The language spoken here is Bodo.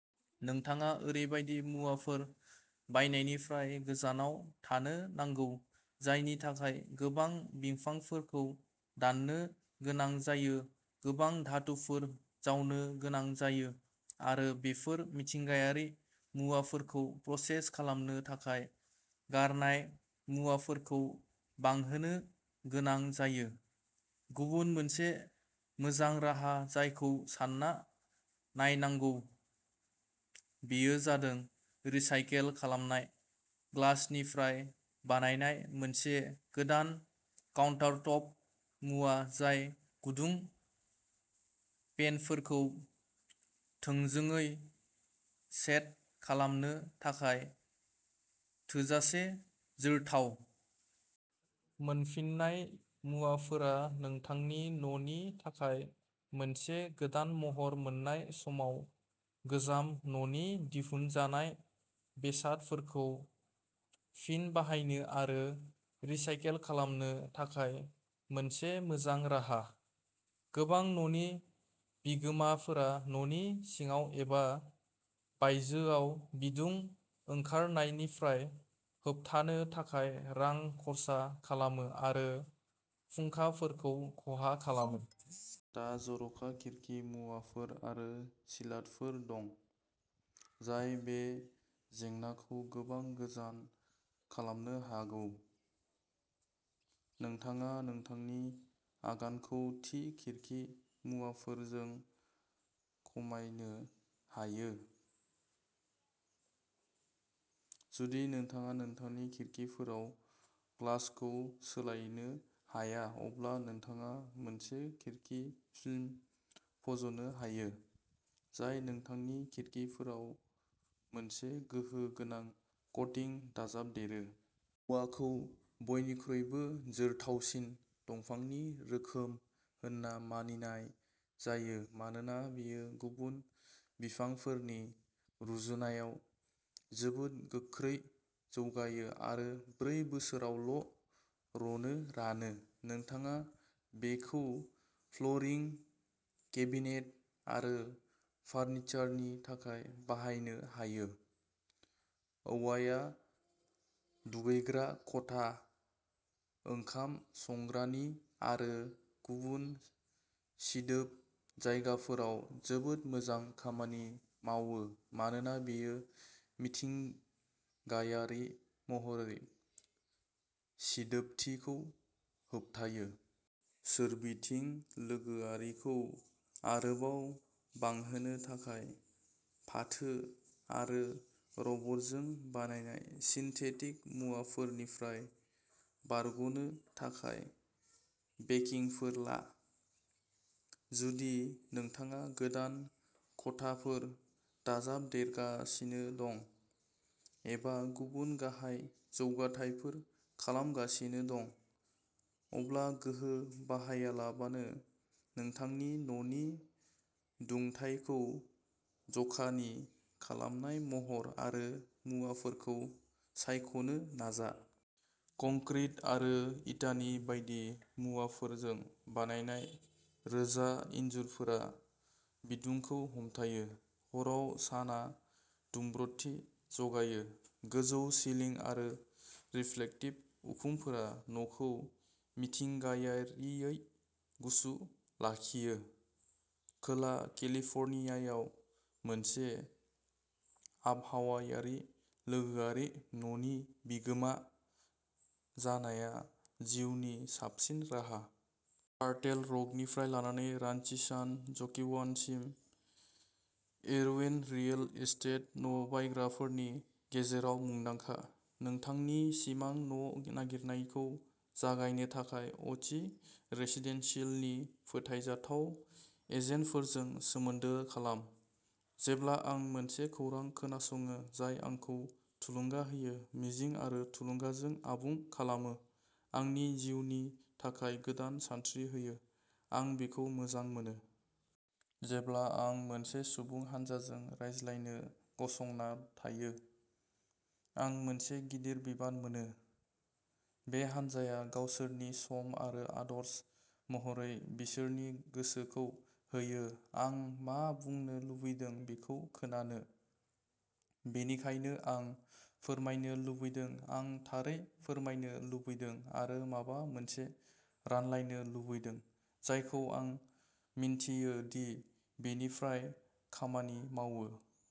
नोंथाङा ओरैबायदि मुवाफोर बायनायनिफ्राय गोजानाव थानो नांगौ जायनि थाखाय गोबां बिफांफोरखौ दाननो गोनां जायो गोबां धातुफोर जावनो गोनां जायो, आरो बेफोर मिथिंगायारि मुवाफोरखौ प्रसेस खालामनो थाखाय गारनाय मुवाफोरखौ बांहोनो गोनां जायो। गुबुन मोनसे मोजां राहा जायखौ सानना नायनांगौ, बेयो जादों रिसाइकेल खालामनाय ग्लासनिफ्राय बानायनाय मोनसे गोदान काउन्टारटप मुवा जाय गुदुं पेनफोरखौ थोंजोङै सेट खालामनो थाखाय थोजासे जोरथाव। मोनफिन्नाय मुवाफोरा नोंथांनि न'नि थाखाय मोनसे गोदान महर मोन्नाय समाव गोजाम न'नि दिहुनजानाय बेसादफोरखौ फिन बाहायनो आरो रिसाइकेल खालामनो थाखाय मोनसे मोजां राहा। गोबां न'नि बिगोमाफोरा न'नि सिङाव एबा बायजोआव बिदुं ओंखारनायनिफ्राय होबथानो थाखाय रां खरसा खालामो आरो फुंखाफोरखौ खहा खालामो। दा जर'खा खिरखि मुवाफोर आरो सिलान्टफोर दं, जाय बे जेंनाखौ गोबां गोजान खालामनो हागौ। नोंथाङा नोंथांनि आगानखौ थि खिरखि मुवाफोरजों खमायनो हायो। जुदि नोंथाङा नोंथांनि खिरखिफोराव ग्लासखौ सोलायनो हाया अब्ला नोंथाङा मोनसे खिरखि फिल्म फज'नो हायो, जाय नोंथांनि खिरखिफोराव मोनसे गोहो गोनां क'टिं दाजाबदेरो। औवाखौ बयनिख्रुइबो जोरथावसिन दंफांनि रोखोम होनना मानिनाय जायो मानोना बेयो गुबुन बिफांफोरनि रुजुनायाव जोबोद गोख्रै जौगायो आरो ब्रै बोसोरावल'रनो रानो। नोंथाङा बेखौ फ्ल'रिं, केबिनेट आरो फार्निचारनि थाखाय बाहायनो हायो। औवाया दुगैग्रा खथा, ओंखाम संग्रानि आरो गुबुन सिदोब जायगाफोराव जोबोद मोजां खामानि मावो मानोना बेयो मिथिंगायारि महरै सिदोबथिखौ होबथायो। सोरबिथिं लोगोआरिखौ आरोबाव बांहोनो थाखाय, फाथो आरो रबरजों बानायनाय सिन्थेटिक मुवाफोरनिफ्राय बारग'नो थाखाय बेकिंफोर ला। जुदि नोंथाङा गोदान खथाफोर दाजाबदेरगासिनो दं एबा गुबुन गाहाय जौगाथायफोर खालामगासिनो दं, अब्ला गोहो बाहायालाबानो नोंथांनि न'नि दुंथायखौ जखानि खालामनाय महर आरो मुवाफोरखौ सायख'नो नाजा। कंक्रिट आरो इटानि बायदि मुवाफोरजों बानायनाय रोजा इनजुरफोरा बिदुंखौ हमथायो। हराव सानआ दुंब्रुदथि जगायो। गोजौ सिलिं आरो रिफ्लेक्टिभ उखुमफोरा न'खौ मिथिंगायारियै गुसु लाखियो। खोला केलिफर्नियायाव मोनसे आबहावायारि लोगोआरि न'नि बिगोमा जानाया जिउनि साबसिन राहा। टार्टल रकनिफ्राय लानानै रान्च'सान ज'क्विनसिम, इरविन रियेल एस्टेटआ न'बायग्राफोरनि गेजेराव मुंदांखा। नोंथांनि सिमां न'नागिरनायखौ जागायनो थाखाय अ चि रेसिडेन्सियेलनि फोथायजाथाव एजेन्टफोरजों सोमोन्दो खालाम। जेब्ला आं मोनसे खौरां खोनासङो जाय आंखौ थुलुंगा होयो मिजिं आरो थुलुंगाजों आबुं खालामो आंनि जिउनि थाखाय गोदान सानस्रि होयो, आं बेखौ मोजां मोनो! जेब्ला आं मोनसे सुबुं हानजाजों रायज्लायनो गसंना थायो, आं मोनसे गिदिर बिबान मोनो। बे हानजाया गावसोरनि सम आरो आदर्श महरै बिसोरनि गोसोखौ होयो आं मा बुंनो लुबैदों बेखौ खोनानो। बेनिखायनो आं फोरमायनो लुबैदों आं थारै फोरमायनो लुगैदों आरो माबा मोनसे रानलायनो लुगैदों जायखौ आं मिन्थियो दि बेनिफ्राय खामानि मावो।